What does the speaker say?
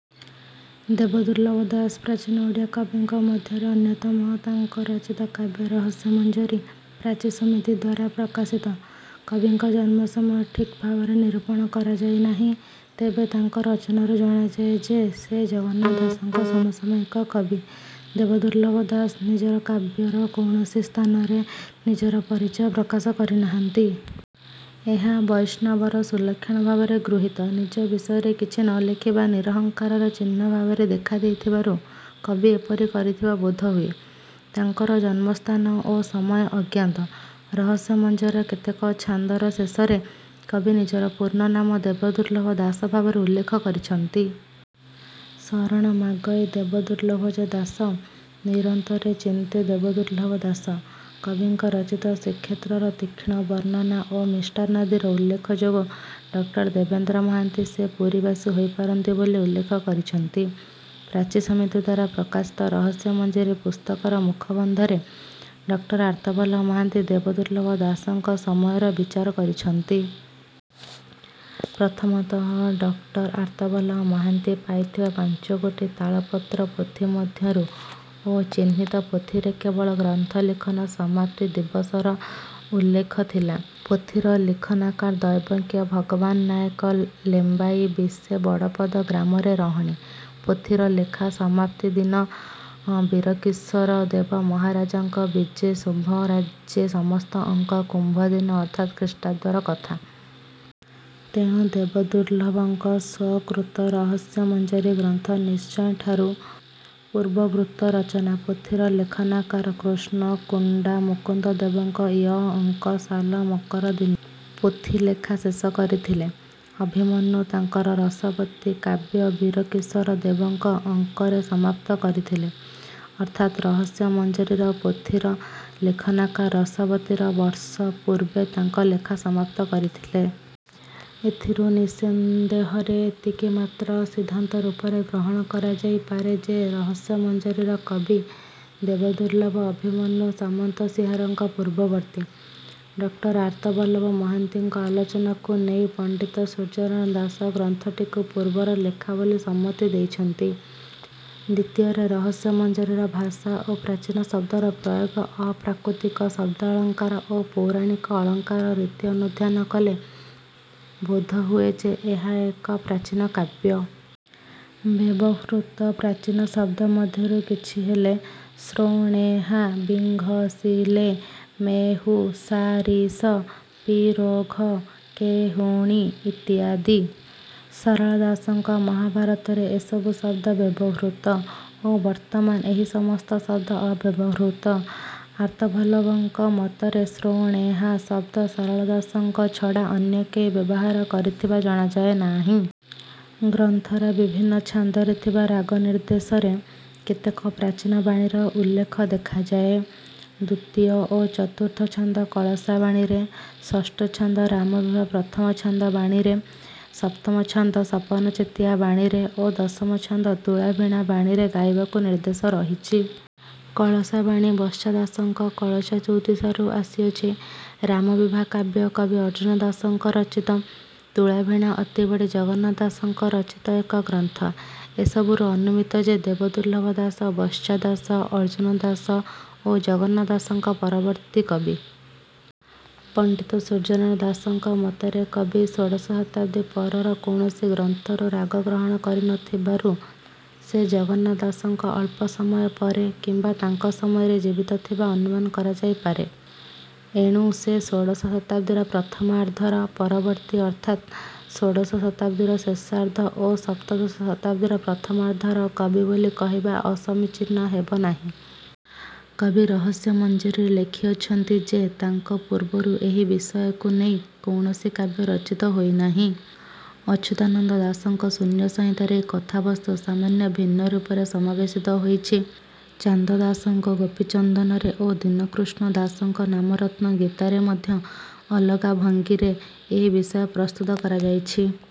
ଦେବଦୁର୍ଲ୍ଲଭ ଦାସ ପ୍ରାଚୀନ ଓଡ଼ିଆ କବିମାନଙ୍କ ମଧ୍ୟରେ ଅନ୍ୟତମ ତାଙ୍କ ରଚିତ କାବ୍ୟ ରହସ୍ୟମଞ୍ଜରୀ ପ୍ରାଚୀ ସମିତିଦ୍ୱାରା ପ୍ରକାଶିତ କବିଙ୍କ ଜନ୍ମ ସମୟ ଠିକ୍ ଭାବରେ ନିରୂପଣ କରଯାଇ ନାହିଁ ତେବେ ତାଙ୍କ ରଚନାରୁ ଜଣାଯାଏ ଯେ ସେ ଜଗନ୍ନାଥ ଦାସ ଙ୍କ ସମସାମୟିକ କବି ଦେବଦୁର୍ଲ୍ଲଭ ଦାସ ନିଜ କାବ୍ୟର କୌଣସି ସ୍ଥାନରେ ନିଜର ପରିଚୟ ପ୍ରକାଶ କରିନାହାନ୍ତି। ଏହା ବୈଷ୍ଣବର ସୁଲକ୍ଷଣ ଭାବେ ଗୃହୀତ। ନିଜ ବିଷୟରେ କିଛି ନ ଲେଖିବା ନିରହଙ୍କାରର ଚିହ୍ନ ଭାବେ ଦେଖାଯାଉଥିବାରୁ କବି ଏପରି କରିଥିବା ବୋଧ ହୁଏ। ତାଙ୍କର ଜନ୍ମସ୍ଥାନ ଓ ସମୟ ଅଜ୍ଞାତ। ରହସ୍ୟମଞ୍ଜରୀର କେତେକ ଛାନ୍ଦର ଶେଷରେ କବି ନିଜ ପୂର୍ଣ୍ଣ ନାମ 'ଦେବଦୁର୍ଲ୍ଲଭ ଦାସ' ଭାବେ ଉଲ୍ଲେଖ କରିଛନ୍ତି। ଶରଣ ମାଗଇ ଦେବ ଦୁର୍ଲ୍ଲଭ ଯେ ଦାସ। ନିରନ୍ତରେ ଚିନ୍ତେ ଦେବଦୁର୍ଲ୍ଲଭ ଦାସ। କବିଙ୍କ ରଚିତ ଶ୍ରୀକ୍ଷେତ୍ରର ତୀକ୍ଷ୍ଣ ବର୍ଣ୍ଣନା ଓ ମିଷ୍ଟାନ୍ନାଦିର ଉଲ୍ଲେଖ ଯୋଗୁଁ ଡକ୍ଟର ଦେବେନ୍ଦ୍ର ମହାନ୍ତି ସେ ପୁରୀବାସୀ ହୋଇପାରନ୍ତି ବୋଲି ଉଲ୍ଲେଖ କରିଛନ୍ତି। ପ୍ରାଚୀ ସମିତିଦ୍ୱାରା ପ୍ରକାଶିତ ରହସ୍ୟମଞ୍ଜରୀ ପୁସ୍ତକର ମୁଖବନ୍ଧରେ ଡକ୍ଟର ଆର୍ତ୍ତବଲ୍ଲଭ ମହାନ୍ତି ଦେବଦୁର୍ଲ୍ଲଭ ଦାସଙ୍କ ସମୟର ବିଚାର କରିଛନ୍ତି। ପ୍ରଥମତଃ ଡକ୍ଟର ଆର୍ତ୍ତବଲ୍ଲଭ ମହାନ୍ତି ପାଇଥିବା ପାଞ୍ଚଗୋଟି ତାଳପତ୍ର ପୋଥି ମଧ୍ୟରୁ ଓ ଚିହ୍ନିତ ପୋଥିରେ କେବଳ ଗ୍ରନ୍ଥ ଲେଖନ ସମାପ୍ତି ଦିବସର ଉଲ୍ଲେଖ ଥିଲା। ପୋଥିର ''ଲେଖନକାର ଦୈବଜ୍ଞ ଭଗବାନ ନାୟକ, ଲେମ୍ବାଇ ବିଶେ ବଡ଼ପଦ ଗ୍ରାମରେ ରହଣି''- ପୋଥିର ଲେଖା ସମାପ୍ତିଦିନ ବୀର କିଶୋର ଦେବ ମହାରାଜାଙ୍କ ବିଜେ ଶୁଭରାଜ୍ୟେ ସମସ୍ତ ଅଙ୍କ କୁମ୍ଭ ଦିନ ଅର୍ଥାତ୍ ଖ୍ରୀଷ୍ଟାବ୍ଦର କଥା। ତେଣୁ ଦେବଦୁର୍ଲ୍ଲଭଙ୍କ ସ୍ୱକୃତ ରହସ୍ୟମଞ୍ଜରୀ ଗ୍ରନ୍ଥ ନିଶ୍ଚୟ ଠାରୁ ପୂର୍ବବର୍ତ୍ତୂ ରଚନା। ପୋଥିର ଲେଖନକାର କୃଷ୍ଣ କୁଣ୍ଡା ମୁକୁନ୍ଦଦେବଙ୍କ ୟ ଅଙ୍କ ସାଲ ମକର ଦିନ ପୋଥିଲେଖା ଶେଷ କରିଥିଲେ। ଅଭିମନ୍ୟୁ ତାଙ୍କର ରସବତୀ କାବ୍ୟ ବୀର କିଶୋର ଦେବଙ୍କ ଅଙ୍କରେ ସମାପ୍ତ କରିଥିଲେ। ଅର୍ଥାତ୍ ରହସ୍ୟମଞ୍ଜରୀର ପୋଥିର ଲେଖନକାର ରସବତୀର ବର୍ଷ ପୂର୍ବେ ତାଙ୍କ ଲେଖା ସମାପ୍ତ କରିଥିଲେ। ଏଥିରୁ ନିଃସନ୍ଦେହରେ ଏତିକି ମାତ୍ର ସିଦ୍ଧାନ୍ତ ରୂପେ ଗ୍ରହଣ କରାଯାଇପାରେ ଯେ ରହସ୍ୟମଞ୍ଜରୀର କବି ଦେବଦୁର୍ଲ୍ଲଭ ଅଭିମନ୍ୟୁ ସାମନ୍ତସିଂହାର ଙ୍କ ପୂର୍ବବର୍ତ୍ତୀ। ଡକ୍ଟର ଆର୍ତ୍ତବଲ୍ଲଭ ମହାନ୍ତିଙ୍କ ଆଲୋଚନାକୁ ନେଇ ପଣ୍ଡିତ ସୂର୍ଯ୍ୟନାରାୟଣ ଦାଶ ଗ୍ରନ୍ଥଟିକୁ ପୂର୍ବର ଲେଖା ବୋଲି ସମ୍ମତି ଦେଇଛନ୍ତି। ଦ୍ୱିତୀୟରେ ରହସ୍ୟମଞ୍ଜରୀର ଭାଷା ଓ ପ୍ରାଚୀନ ଶବ୍ଦର ପ୍ରୟୋଗ, ଅପ୍ରାକୃତିକ ଶବ୍ଦାଳଙ୍କାର ଓ ପୌରାଣିକ ଅଳଙ୍କାର ରୀତି ଅନୁଧ୍ୟାନ କଲେ ବୋଧ ହୁଏ ଯେ ଏହା ଏକ ପ୍ରାଚୀନ କାବ୍ୟ। ବ୍ୟବହୃତ ପ୍ରାଚୀନ ଶବ୍ଦ ମଧ୍ୟରୁ କିଛି ହେଲେ 'ଶ୍ରୋଣାହା', 'ବିଘଂସିଲେ', 'ମେହୁ', 'ସାରିଷ', 'ପିରୋଘ', 'କେହୁଣି' ଇତ୍ୟାଦି। ସାରଳା ଦାସ ଙ୍କ ମହାଭାରତରେ ଏସବୁ ଶବ୍ଦ ବ୍ୟବହୃତ ଓ ବର୍ତ୍ତମାନ ଏହି ସମସ୍ତ ଶବ୍ଦ ଅବ୍ୟବହୃତ। ଆର୍ତ୍ତବଲ୍ଲଭଙ୍କ ମତରେ 'ଶ୍ରୋଣେହା' ଶବ୍ଦ ସାରଳା ଦାସଙ୍କ ଛଡ଼ା ଅନ୍ୟ କେହି ବ୍ୟବହାର କରିଥିବା ଜଣାଯାଏ ନାହିଁ। ଗ୍ରନ୍ଥର ବିଭିନ୍ନ ଛାନ୍ଦରେ ଥିବା ରାଗନିର୍ଦ୍ଦେଶରେ କେତେକ ପ୍ରାଚୀନ 'ବାଣୀ'ର ଉଲ୍ଲେଖ ଦେଖାଯାଏ। ଦ୍ୱିତୀୟ ଓ ଚତୁର୍ଥ ଛାନ୍ଦ କଳସା ବାଣୀରେ, ଷଷ୍ଠ ଛାନ୍ଦ 'ରାମବିଭା ପ୍ରଥମଛାନ୍ଦ ବାଣୀରେ', ସପ୍ତମ ଛାନ୍ଦ ସପନଚେତିଆ ବାଣୀରେ ଓ ଦଶମ ଛାନ୍ଦ ତୁଳାଭିଣା ବାଣୀରେ ଗାଇବାକୁ ନିର୍ଦ୍ଦେଶ ରହିଛି। କଳସା ବାଣୀ ବତ୍ସା ଦାସଙ୍କ କଳସା ଚଉତିଶା ରୁ ଆସିଅଛି। ରାମବିଭା କାବ୍ୟ କବି ଅର୍ଜ୍ଜୁନ ଦାସ ଙ୍କ ରଚିତ। ତୁଳାଭିଣା ଅତିବଡ଼ି ଜଗନ୍ନାଥ ଦାସ ଙ୍କ ରଚିତ ଏକ ଗ୍ରନ୍ଥ। ଏସବୁରୁ ଅନୁମିତ ଯେ ଦେବଦୁର୍ଲ୍ଲଭ ଦାସ ବତ୍ସା ଦାସ, ଅର୍ଜ୍ଜୁନ ଦାସ ଓ ଜଗନ୍ନାଥ ଦାସଙ୍କ ପରବର୍ତ୍ତୀ କବି। ପଣ୍ଡିତ ସୂର୍ଯ୍ୟନାରାୟଣ ଦାଶଙ୍କ ମତରେ କବି ଷୋଡ଼ଶ ଶତାବ୍ଦୀ ପରର କୌଣସି ଗ୍ରନ୍ଥରୁ ରାଗ ଗ୍ରହଣ କରିନଥିବାରୁ ସେ ଜଗନ୍ନାଥ ଦାସଙ୍କ ଅଳ୍ପ ସମୟ ପରେ କିମ୍ବା ତାଙ୍କ ସମୟରେ ଜୀବିତ ଥିବା ଅନୁମାନ କରାଯାଇପାରେ। ଏଣୁ ସେ ଷୋଡ଼ଶ ଶତାବ୍ଦୀର ପ୍ରଥମାର୍ଦ୍ଧର ପରବର୍ତ୍ତୀ ଅର୍ଥାତ୍ ଷୋଡ଼ଶ ଶତାବ୍ଦୀର ଶେଷାର୍ଦ୍ଧ ଓ ସପ୍ତଦଶ ଶତାବ୍ଦୀର ପ୍ରଥମାର୍ଦ୍ଧର କବି ବୋଲି କହିବା ଅସମୀଚୀନ ହେବ ନାହିଁ। କବି ରହସ୍ୟମଞ୍ଜରୀରେ ଲେଖିଅଛନ୍ତି ଯେ ତାଙ୍କ ପୂର୍ବରୁ ଏହି ବିଷୟକୁ ନେଇ କୌଣସି କାବ୍ୟ ରଚିତ ହୋଇନାହିଁ। ଅଚ୍ୟୁତାନନ୍ଦ ଦାସ ଙ୍କ ଶୂନ୍ୟସଂହିତାରେ ଏହି କଥାବସ୍ତୁ ସାମାନ୍ୟ ଭିନ୍ନରୂପେ ସମାବେଶିତ ହୋଇଛି। ଚାନ୍ଦ ଦାସଙ୍କ ଗୋପୀଚନ୍ଦନରେ ଓ ଦୀନକୃଷ୍ଣ ଦାସ ଙ୍କ ନାମରତ୍ନ ଗୀତାରେ ମଧ୍ୟ ଅଲଗା ଭଙ୍ଗୀରେ ଏହି ବିଷୟ ପ୍ରସ୍ତୁତ କରାଯାଇଛି।।